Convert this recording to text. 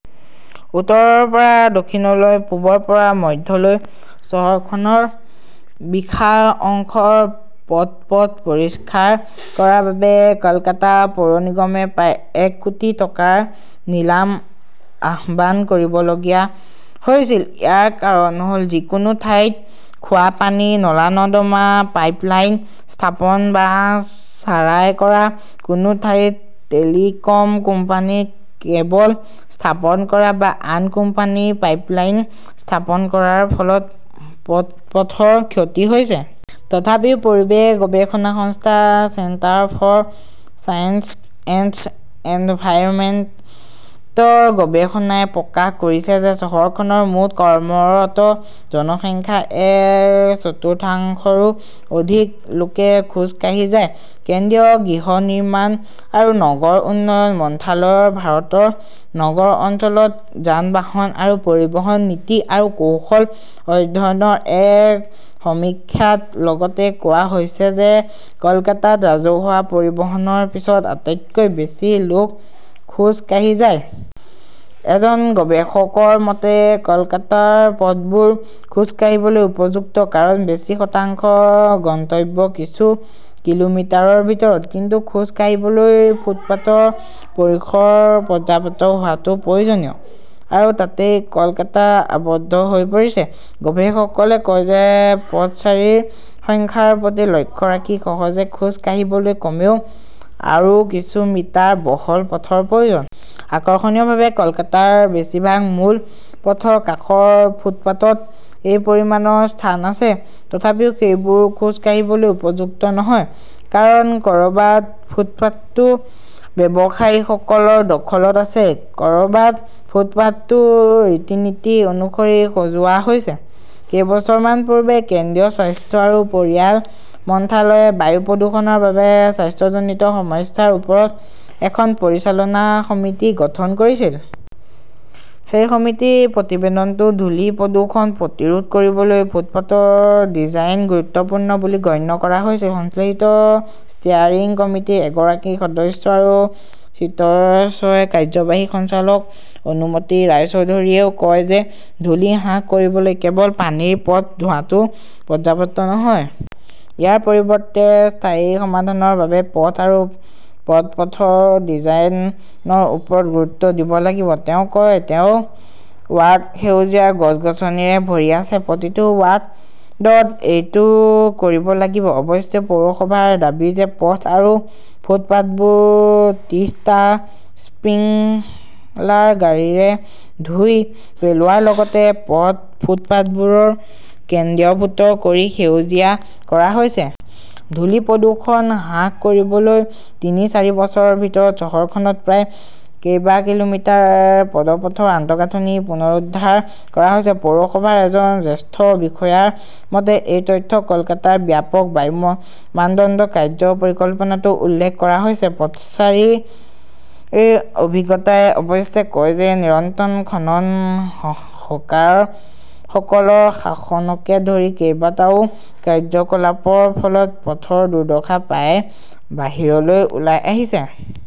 উত্তৰৰ পৰা দক্ষিণলৈ, পূবৰ পৰা মধ্যলৈ, চহৰখনৰ বিশাল অংশৰ পদপথ পৰিষ্কাৰ কৰাৰ বাবে কলকাতা পৌৰ নিগমে প্ৰায় এক কোটি টকাৰ নিলাম আহ্বান কৰিবলগীয়া হৈছিল! ইয়াৰ কাৰণ হ'ল, যিকোনো ঠাইত খোৱা পানী, নলা-নৰ্দমা পাইপলাইন স্থাপন বা চাৰাই কৰা, কোনো ঠাইত টেলিকম কোম্পানীৰ কেবল স্থাপন কৰা বা আন কোম্পানীৰ পাইপলাইন স্থাপন কৰাৰ ফলত পদপথৰ ক্ষতি হৈছে। তথাপিও, পৰিৱেশ গৱেষণা সংস্থা চেণ্টাৰ ফৰ ছায়েন্স এণ্ড এনভাইৰনমেণ্টৰ গৱেষণাই প্ৰকাশ কৰিছে যে চহৰখনৰ মুঠ কৰ্মৰত জনসংখ্যাৰ এক চতুৰ্থাংশৰো অধিক লোকে খোজ কাঢ়ি যায়। কেন্দ্ৰীয় গৃহ নিৰ্মাণ আৰু নগৰ উন্নয়ন মন্ত্ৰালয়ৰ ভাৰতৰ নগৰ অঞ্চলত যান-বাহন আৰু পৰিবহণ নীতি আৰু কৌশল অধ্যয়নৰ এক সমীক্ষাত লগতে কোৱা হৈছে যে কলকাতাত ৰাজহুৱা পৰিবহণৰ পিছত আটাইতকৈ বেছি লোক খোজ কাঢ়ি যায়। এজন গৱেষকৰ মতে, কলকাতাৰ পথবোৰ খোজ কাঢ়িবলৈ উপযুক্ত কাৰণ বেছি শতাংশ গন্তব্য কিছু কিলোমিটাৰৰ ভিতৰত। কিন্তু খোজ কাঢ়িবলৈ ফুটপাতৰ পৰিসৰ পৰ্যাপ্ত হোৱাটো প্ৰয়োজনীয়। আৰু তাতেই কলকাতা আবদ্ধ হৈ পৰিছে। গৱেষকসকলে কয় যে পথচাৰীৰ সংখ্যাৰ প্ৰতি লক্ষ্য ৰাখি সহজে খোজ কাঢ়িবলৈ কমেও‌ আৰু কিছু মিটাৰ বহল পথৰ প্ৰয়োজন। আকৰ্ষণীয়ভাৱে, কলকাতাৰ বেছিভাগ মূল পথৰ কাষৰ ফুটপাতত এই পৰিমাণৰ স্থান আছে। তথাপিও সেইবোৰ খোজ কাঢ়িবলৈ উপযুক্ত নহয়। কাৰণ ক'ৰবাত ফুটপাতটো ব্যৱসায়ী সকলৰ দখলত আছে, ক'ৰবাত ফুটপাতটো ৰীতি-নীতি অনুসৰি সজোৱা হৈছে। কেইবছৰমান পূৰ্বে কেন্দ্ৰীয় স্বাস্থ্য আৰু পৰিয়াল মন্ত্ৰালয়ে বায়ু প্ৰদূষণৰ বাবে স্বাস্থ্যজনিত সমস্যাৰ ওপৰত এখন পৰিচালনা সমিতি গঠন কৰিছিল। সেই সমিতিৰ প্ৰতিবেদনতো ধূলি-প্ৰদূষণ প্ৰতিৰোধ কৰিবলৈ ফুটপাতৰ ডিজাইন গুৰুত্বপূৰ্ণ বুলি গণ্য কৰা হৈছিল। সংশ্লিষ্ট ষ্টেয়াৰিং কমিটিৰ এগৰাকী সদস্য আৰু চিএছইৰ কাৰ্যবাহী সঞ্চালক অনুমিতা ৰায়চৌধৰীয়েও কয় যে ধূলি হ্ৰাস কৰিবলৈ কেৱল পানীৰে পথ ধোৱাটো পৰ্যাপ্ত নহয়। ইয়াৰ পৰিৱৰ্তে স্থায়ী সমাধানৰ বাবে পথ আৰু পদপথৰ ডিজাইনৰ ওপৰত গুৰুত্ব দিব লাগিব। তেওঁ কয়, তেওঁৰ ৱাৰ্ড সেউজীয়া গছ-গছনিৰে ভৰি আছে। প্ৰতিটো ৱাৰ্ডত এইটো কৰিব লাগিব। অৱশ্যে, পৌৰসভাৰ দাবী যে পথ আৰু ফুটপাতবোৰ ত্ৰিশটা স্প্ৰিংলাৰ গাড়ীৰে ধুই পেলোৱাৰ লগতে পথ, ফুটপাতবোৰ কেন্দ্ৰীভূত কৰি সেউজীয়া কৰা হৈছে। ধূলি-প্ৰদূষণ হ্ৰাস কৰিবলৈ তিনি-চাৰি বছৰৰ ভিতৰত চহৰখনত প্ৰায় কেইবা কিলোমিটাৰ পদপথৰ আন্তঃগাঁথনি পুনৰুদ্ধাৰ কৰা হৈছে, পৌৰসভাৰ এজন জ্যেষ্ঠ বিষয়াৰ মতে। এই তথ্য কলকাতাৰ ব্যাপক বায়ু মানদণ্ড কাৰ্য্য পৰিকল্পনাতো উল্লেখ কৰা হৈছে। পথচাৰীৰ অভিজ্ঞতাই অৱশ্যে কয় যে নিৰন্তৰ খনন, হকাৰসকলৰ শাসনকে ধৰি কেইবাটাও কাৰ্যকলাপৰ ফলত পথৰ দুৰ্দশা প্ৰায়ে বাহিৰলৈ ওলাই আহিছে।